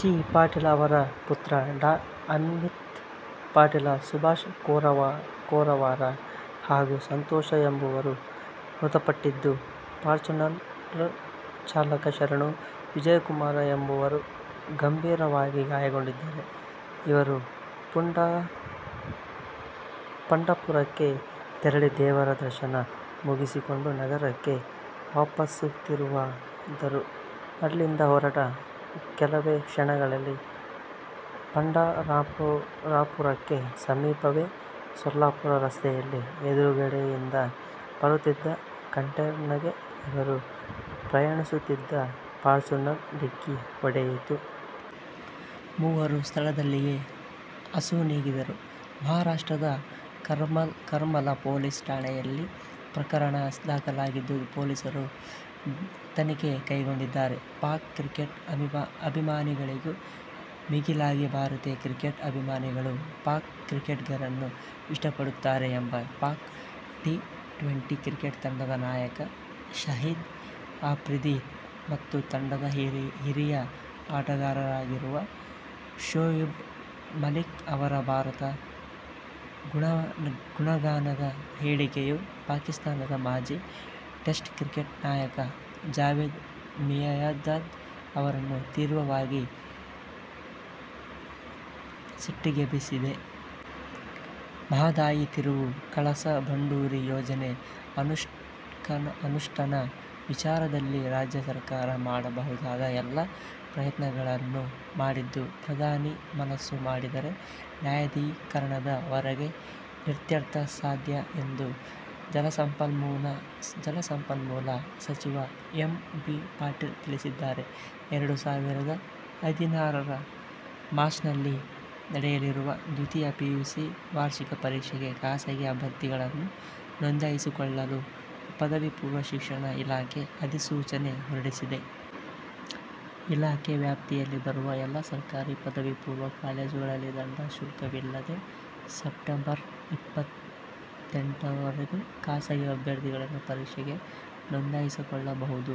G. Patil ಅವರ ಪುತ್ರ ಡಾ. ಅಮೀತ್ ಪಾಟೀಲ, ಸುಭಾಷ ಕೋರವಾರ ಹಾಗೂ ಸಂತೋಷ ಎಂಬುವರು ಮೃತಪಟ್ಟಿದ್ದು, ಫಾರ್ಚೂನರ್ ಚಾಲಕ ಶರಣು ವಿಜಯಕುಮಾರ ಎಂಬುವರು ಗಂಭೀರವಾಗಿ ಗಾಯಗೊಂಡಿದ್ದಾರೆ. ಇವರು ಪಂಢರಾಪುರಕ್ಕೆ ತೆರಳಿ, ದೇವರ ದರ್ಶನ ಮುಗಿಸಿಕೊಂಡು ನಗರಕ್ಕೆ ವಾಪಸ್ಸಾಗುತ್ತಿದ್ದರು. ಅಲ್ಲಿಂದ ಹೊರಟ ಕೆಲವೇ ಕ್ಷಣಗಳಲ್ಲಿ ಪಂಢರಾಪುರಕ್ಕೆ ಸಮೀಪವೇ ಸೊಲ್ಲಾಪುರ ರಸ್ತೆಯಲ್ಲಿ ಎದುರುಗಡೆಯಿಂದ ಬರುತ್ತಿದ್ದ ಕಂಟೇನರ್ಗೆ ಇವರು ಪ್ರಯಾಣಿಸುತ್ತಿದ್ದ ಫಾರ್ಚೂನರ್ ಡಿಕ್ಕಿ ಹೊಡೆಯಿತು. ಮೂವರೂ ಸ್ಥಳದಲ್ಲಿಯೇ ಅಸುನೀಗಿದರು. ಮಹಾರಾಷ್ಟ್ರದ ಕರ್ಮಲಾ ಪೊಲೀಸ್ ಠಾಣೆಯಲ್ಲಿ ಪ್ರಕರಣ ದಾಖಲಾಗಿದ್ದು, ಪೊಲೀಸರು ತನಿಖೆ ಕೈಗೊಂಡಿದ್ದಾರೆ. ಪಾಕ್ ಕ್ರಿಕೆಟ್ ಅಭಿಮಾನಿಗಳಿಗೂ ಮಿಗಿಲಾಗಿ ಭಾರತೀಯ ಕ್ರಿಕೆಟ್ ಅಭಿಮಾನಿಗಳು ಪಾಕ್ ಕ್ರಿಕೆಟಿಗರನ್ನು ಇಷ್ಟಪಡುತ್ತಾರೆ ಎಂಬ ಪಾಕ್ ಟಿ-ಟ್ವೆಂಟಿ ಕ್ರಿಕೆಟ್ ತಂಡದ ನಾಯಕ ಶಾಹಿದ್ ಆಫ್ರಿದಿ ಮತ್ತು ತಂಡದ ಹಿರಿಯ ಆಟಗಾರರಾಗಿರುವ ಶೋಯಿಬ್ ಮಲಿಕ್ ಅವರ ಭಾರತ ಗುಣಗಾನದ ಹೇಳಿಕೆಯು ಪಾಕಿಸ್ಥಾನದ ಮಾಜಿ ಟೆಸ್ಟ್ ಕ್ರಿಕೆಟ್ ನಾಯಕ ಜಾವೇದ್ ಮಿಯಾದಾದ್ ಅವರನ್ನು ತೀವ್ರವಾಗಿ ಸಿಟ್ಟಿಗೆಬ್ಬಿಸಿದೆ. ಮಹದಾಯಿ ತಿರುವು, ಕಳಸಾ-ಬಂಡೂರಿ ಯೋಜನೆ ಅನುಷ್ಟಾನ ವಿಚಾರದಲ್ಲಿ ರಾಜ್ಯ ಸರ್ಕಾರ ಮಾಡಬಹುದಾದ ಎಲ್ಲ ಪ್ರಯತ್ನಗಳನ್ನೂ ಮಾಡಿದ್ದು ಪ್ರಧಾನಿ ಮನಸ್ಸು ಮಾಡಿದರೆ ನ್ಯಾಯಾಧೀಕರಣದ ಹೊರಗೆ ಇತ್ಯರ್ಥ ಸಾಧ್ಯ ಎಂದು ಜಲಸಂಪನ್ಮೂಲ ಸಚಿವ ಎಂ. ಬಿ. ಪಾಟೀಲ್ ತಿಳಿಸಿದ್ದಾರೆ. ಎರಡು ಸಾವಿರದ ಹದಿನಾರರ ಮಾರ್ಚ್ನಲ್ಲಿ ನಡೆಯಲಿರುವ ದ್ವಿತೀಯ ಪಿಯುಸಿ ವಾರ್ಷಿಕ ಪರೀಕ್ಷೆಗೆ ಖಾಸಗಿ ಅಭ್ಯರ್ಥಿಗಳನ್ನು ನೋಂದಾಯಿಸಿಕೊಳ್ಳಲು ಪದವಿ ಪೂರ್ವ ಶಿಕ್ಷಣ ಇಲಾಖೆ ಅಧಿಸೂಚನೆ ಹೊರಡಿಸಿದೆ. ಇಲಾಖೆ ವ್ಯಾಪ್ತಿಯಲ್ಲಿ ಬರುವ ಎಲ್ಲಾ ಸರ್ಕಾರಿ ಪದವಿ ಪೂರ್ವ ಕಾಲೇಜುಗಳಲ್ಲಿ ದಂಡ ಶುಲ್ಕವಿಲ್ಲದೆ ಸೆಪ್ಟೆಂಬರ್ರ ಇಪ್ಪತೆಂಟರವರೆಗೂ ಖಾಸಗಿ ಅಭ್ಯರ್ಥಿಗಳನ್ನು ಪರೀಕ್ಷೆಗೆ ನೋಂದಾಯಿಸಿಕೊಳ್ಳಬಹುದು.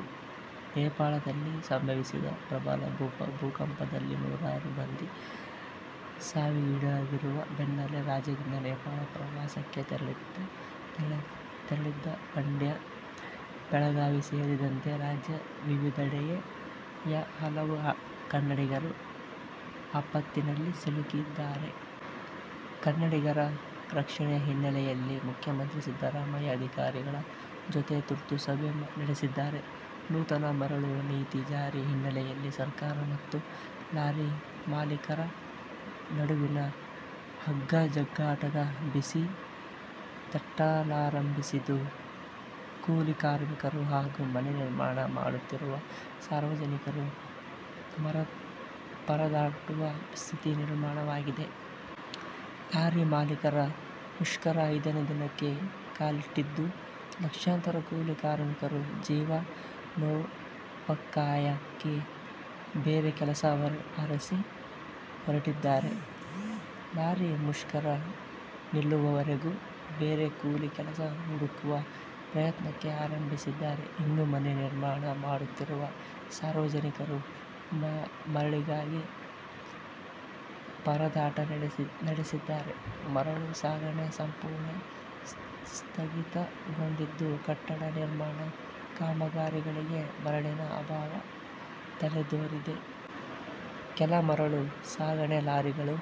ನೇಪಾಳದಲ್ಲಿ ಸಂಭವಿಸಿದ ಪ್ರಬಲ ಭೂಕಂಪದಲ್ಲಿ ನೂರಾರು ಮಂದಿ ಸಾವಿಗೀಡಾಗಿರುವ ಬೆನ್ನಲ್ಲೇ ರಾಜ್ಯದಿಂದ ನೇಪಾಳಕ್ಕೆ ಪ್ರವಾಸಕ್ಕೆ ತೆರಳಿದ್ದ ಮಂಡ್ಯ, ಮೈಸೂರು, ಬೆಳಗಾವಿ ಸೇರಿದಂತೆ ರಾಜ್ಯದ ವಿವಿಧೆಡೆಯ ಹಲವು ಕನ್ನಡಿಗರು ಆಪತ್ತಿನಲ್ಲಿ ಸಿಲುಕಿದ್ದಾರೆ. ಕನ್ನಡಿಗರ ರಕ್ಷಣೆಯ ಹಿನ್ನೆಲೆಯಲ್ಲಿ ಮುಖ್ಯಮಂತ್ರಿ ಸಿದ್ದರಾಮಯ್ಯ ಅಧಿಕಾರಿಗಳ ಜೊತೆ ತುರ್ತು ಸಭೆ ನಡೆಸಿದ್ದಾರೆ. ನೂತನ ಮರಳು ನೀತಿ ಜಾರಿ ಹಿನ್ನೆಲೆಯಲ್ಲಿ ಸರ್ಕಾರ ಮತ್ತು ಲಾರಿ ಮಾಲೀಕರ ನಡುವಿನ ಹಗ್ಗಾಜಗ್ಗಾಟದ ಬಿಸಿ ತಟ್ಟಲಾರಂಭಿಸಿದ್ದು, ಕೂಲಿ ಕಾರ್ಮಿಕರು ಹಾಗೂ ಮನೆ ನಿರ್ಮಾಣ ಮಾಡುತ್ತಿರುವ ಸಾರ್ವಜನಿಕರು ಪರದಾಡುವ ಸ್ಥಿತಿ ನಿರ್ಮಾಣವಾಗಿದೆ. ಲಾರಿ ಮಾಲೀಕರ ಮುಷ್ಕರ ಐದನೇ ದಿನಕ್ಕೆ ಕಾಲಿಟ್ಟಿದ್ದು, ಲಕ್ಷಾಂತರ ಕೂಲಿ ಕಾರ್ಮಿಕರು ಜೀವನೋಪಾಯಕ್ಕಾಗಿ ಬೇರೆ ಕೆಲಸ ಅರಸಿ ಹೊರಟ್ಟಿದ್ದಾರೆ. ಲಾರಿ ಮುಷ್ಕರ ನಿಲ್ಲುವವರೆಗೂ ಬೇರೆ ಕೂಲಿ ಕೆಲಸ ಹುಡುಕುವ ಪ್ರಯತ್ನಕ್ಕೆ ಆರಂಭಿಸಿದ್ದಾರೆ. ಇನ್ನು ಮನೆ ನಿರ್ಮಾಣ ಮಾಡುತ್ತಿರುವ ಸಾರ್ವಜನಿಕರು ಮರಳಿಗಾಗಿ ಪರದಾಟ ನಡೆಸಿದ್ದಾರೆ. ಮರಳು ಸಾಗಣೆ ಸಂಪೂರ್ಣ ಸ್ಥಗಿತಗೊಂಡಿದ್ದು, ಕಟ್ಟಡ ನಿರ್ಮಾಣ ಕಾಮಗಾರಿಗಳಿಗೆ ಮರಳಿನ ಅಭಾವ ತಲೆದೋರಿದೆ. ಕೆಲ ಮರಳು ಸಾಗಣೆ ಲಾರಿಗಳು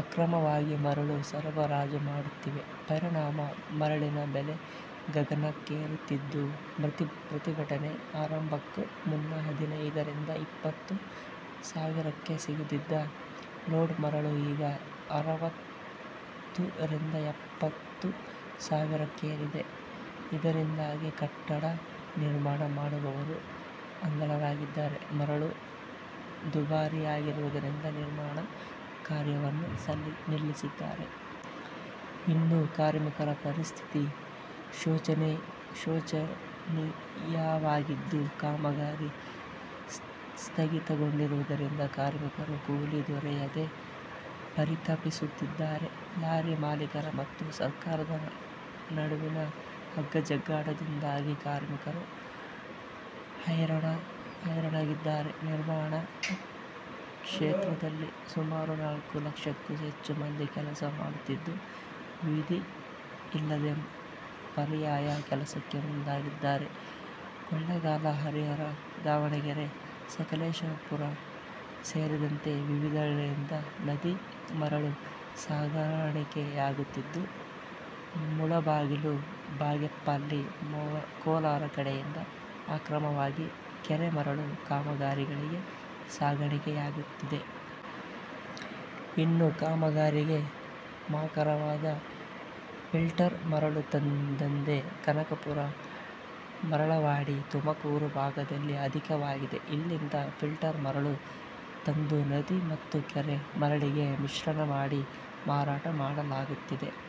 ಅಕ್ರಮವಾಗಿ ಮರಳು ಸರಬರಾಜು ಮಾಡುತ್ತಿವೆ. ಪರಿಣಾಮ ಮರಳಿನ ಬೆಲೆ ಗಗನಕ್ಕೇರುತ್ತಿದ್ದು, ಪ್ರತಿಭಟನೆ ಆರಂಭಕ್ಕೂ ಮುನ್ನ ಹದಿನೈದರಿಂದ ಇಪ್ಪತ್ತು ಸಾವಿರಕ್ಕೆ ಸಿಗುತ್ತಿದ್ದ ಲೋಡ್ ಮರಳು ಈಗ ಅರವತ್ತು ರಿಂದ ಎಪ್ಪತ್ತು ಸಾವಿರಕ್ಕೇರಿದೆ. ಇದರಿಂದಾಗಿ ಕಟ್ಟಡ ನಿರ್ಮಾಣ ಮಾಡುವವರು ಕಂಗಾಲಾಗಿದ್ದಾರೆ. ಮರಳು ದುಬಾರಿಯಾಗಿರುವುದರಿಂದ ನಿರ್ಮಾಣ ಕಾರ್ಯವನ್ನು ನಿಲ್ಲಿಸಿದ್ದಾರೆ. ಇನ್ನು ಕಾರ್ಮಿಕರ ಪರಿಸ್ಥಿತಿ ಶೋಚನೀಯವಾಗಿದ್ದು, ಕಾಮಗಾರಿ ಸ್ಥಗಿತಗೊಂಡಿರುವುದರಿಂದ ಕಾರ್ಮಿಕರು ಕೂಲಿ ದೊರೆಯದೆ ಪರಿತಪಿಸುತ್ತಿದ್ದಾರೆ. ಲಾರಿ ಮಾಲೀಕರ ಮತ್ತು ಸರ್ಕಾರದ ನಡುವಿನ ಹಗ್ಗಾಜಗ್ಗಾಟದಿಂದಾಗಿ ಕಾರ್ಮಿಕರು ಹೈರಾಣಾಗಿದ್ದಾರೆ. ನಿರ್ಮಾಣ ಕ್ಷೇತ್ರದಲ್ಲಿ ಸುಮಾರು ನಾಲ್ಕು ಲಕ್ಷಕ್ಕೂ ಹೆಚ್ಚು ಮಂದಿ ಕೆಲಸ ಮಾಡುತ್ತಿದ್ದು, ವಿಧಿ ಇಲ್ಲದೆ ಪರ್ಯಾಯ ಕೆಲಸಕ್ಕೆ ಮುಂದಾಗಿದ್ದಾರೆ. ಕೊಳ್ಳೇಗಾಲ, ಹರಿಹರ, ದಾವಣಗೆರೆ, ಸಕಲೇಶಪುರ ಸೇರಿದಂತೆ ವಿವಿಧೆಡೆಯಿಂದ ನದಿ ಮರಳು ಸಾಗಾಣಿಕೆಯಾಗುತ್ತಿದ್ದು, ಮುಳಬಾಗಿಲು, ಬಾಗೇಪಲ್ಲಿ, ಕೋಲಾರ ಕಡೆಯಿಂದ ಅಕ್ರಮವಾಗಿ ಕೆರೆ ಮರಳು ಕಾಮಗಾರಿಗಳಿಗೆ ಸಾಗಾಣಿಕೆಯಾಗುತ್ತಿದೆ. ಇನ್ನು ಕಾಮಗಾರಿಗೆ ಮಾರಕವಾದ ಫಿಲ್ಟರ್ ಮರಳು ದಂಧೆ ಕನಕಪುರ, ಮರಳವಾಡಿ, ತುಮಕೂರು ಭಾಗದಲ್ಲಿ ಅಧಿಕವಾಗಿದೆ. ಇಲ್ಲಿಂದ ಫಿಲ್ಟರ್ ಮರಳು ತಂದು ನದಿ ಮತ್ತು ಕೆರೆ ಮರಳಿಗೆ ಮಿಶ್ರಣ ಮಾಡಿ ಮಾರಾಟ ಮಾಡಲಾಗುತ್ತಿದೆ.